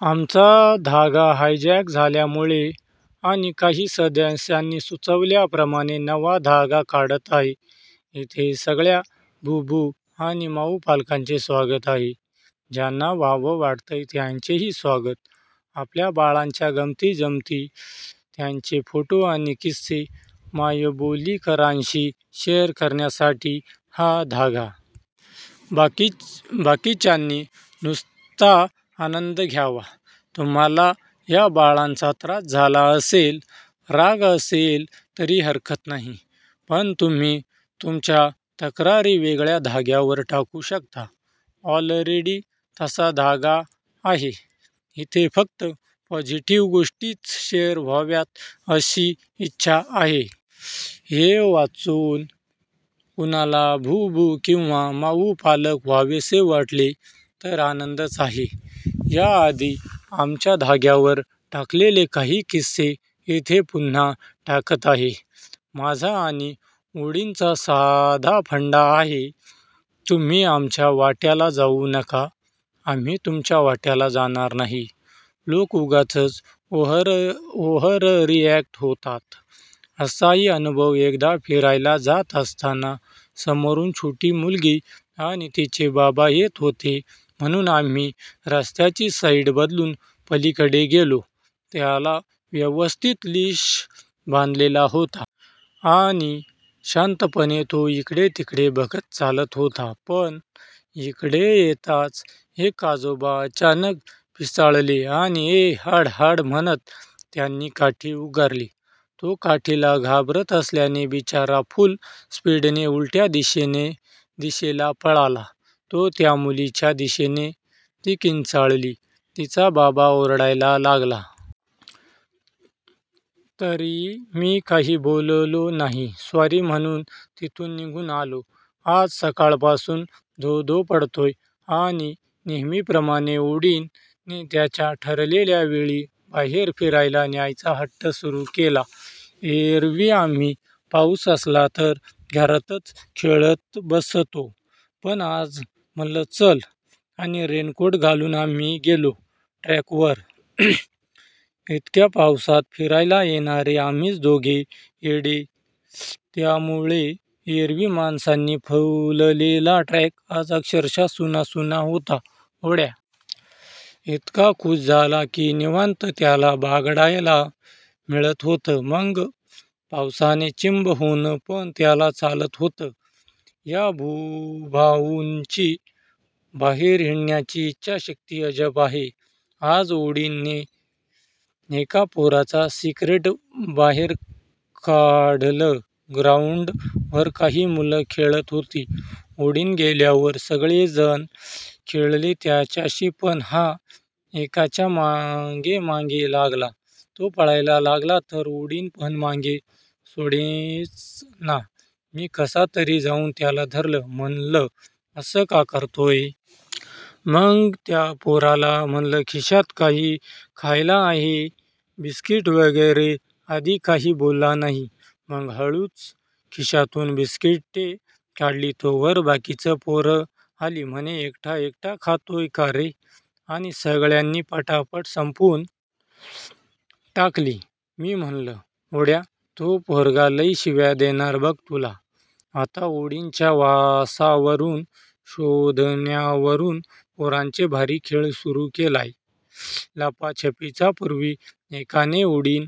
अमांचा धागा हायजॅक झाल्यामुळे आणि काही सदस्यांनी सुचवल्याप्रमाणे नवा धागा काढत आहे. इथे सगळ्या भूभू आणि माऊ पालकांचे स्वागत आहे. ज्यांना व्हावं वाटतय त्यांचेही स्वागत आपल्या बाळांच्या गमंती जमती, त्यांचे फोटो आणि किस्से मायबोलीकरांशी शेअर करण्यासाठी हा धागा. बाकीच्यांनी नुसता आनंद घ्यावा. तुम्हाला या बाळांचा त्रास झाला असेल, राग असेल तरी हरकत नाही. पण तुम्ही तुमच्या तक्रारी वेगळ्या धाग्यावर टाकू शकता. ऑलरेडी तसा धागा आहे. इथे फक्त पॉझीटीव्ह गोष्टीच शेअर व्हाव्यात अशी इच्छा आहे. हे वाचून कुणाला भूभू किंवा माऊ पालक व्हावेसे वाटले तर आनंदच आहे. या आधी अमांच्या धाग्यावर टाकलेले काही किस्से इथे पुन्हा टाकत आहे. माझा आणि ओडीन चा साधा फंडा आहे तुम्ही आमच्या वाट्याला जाऊ नका आम्ही तुमच्या वाट्याला जाणार नाही लोकं उगाचच ओव्हररिऍक्ट होतात असाही अनुभव एकदा फिरायला जात असताना समोरून छोटी मुलगी आणि तिचे बाबा येत होते म्हणून आम्ही रस्त्याची साईड बदलून पलीकडे गेलो त्याला व्यवस्थित लीश बांधलेला होता. आणि शांतपणे तो इकडे तिकडे बघत चालत होता पण इकडे येताच एक आजोबा अचानक पिसाळले आणि ए हाड हाड म्हणत त्यांनी काठी उगारली तो काठीला घाबरत असल्याने बिचारा फुल स्पीडणे उलट्या दिशेला पळाला तो त्या मुलीच्या दिशेने ती किंचाळली तिचा बाबा ओरडायला लागला. तरी मी काही बोललो नाही सॉरी म्हणून तिथून निघून आलो आज सकाळपासून धोधो पडतोय आणि नेहमीप्रमाणे ओडीन ने त्याच्या ठरलेल्या वेळी बाहेर फिरायला न्यायचा हट्ट सुरू केला एरवी आम्ही पाऊस असला तर घरातच खेळतबसतो पण आज म्हणलं चल आणि रेनकोट घालून आम्ही गेलो ट्रॅक वर इतक्या पावसात फिरायला येणारे आम्हीच दोघे येडे तयामुळे एरवी माणसांनी फुललेला ट्रॅक आज अक्षरशः सुनसान होता.ओड्या इतका खुष झाला की निवांत त्याला बागडायला मिळत होत. मग पावसाने चिंब होणं पण त्याला चालत होत या भूभाऊंची बाहेर हिंडण्याची इच्छाशक्ती अजब आहे. आज ओडीन ने एका पोराचा सिक्रेट बाहेर काढलं ग्राउंड वर काही मुलं खेळत होती, ओडीन गेल्यावर सगळे जण खेळले त्याच्याशी पण हा एकाच्या मागेमागे लागला, तो पळायला लागला तर ओडिन पण मागे, सोडेच ना मी कसातरी जाऊन त्याला धरलं म्हणलं असं का करतोय?? मग त्या पोराला म्हणलं खिशात काही खायला आहे बिस्कीट वगैर आधी काही बोलला नाही मग हळूच खिशातून बिस्किटे काढली तोवर बाकीची पोरं आली म्हणे एकटा एकटा खातोय का रे आणि सगळ्यानी पटापट संपवून टाकली मी म्हणलं, ओड्या तो पोरगा लै शिव्या देणार बघ तूला आता ओडीन च्या वासावरून शोधण्यावरून पोराने भारी खेळ सुरू केलाय, लपाछपी चा पूर्वी एकाने ओडीन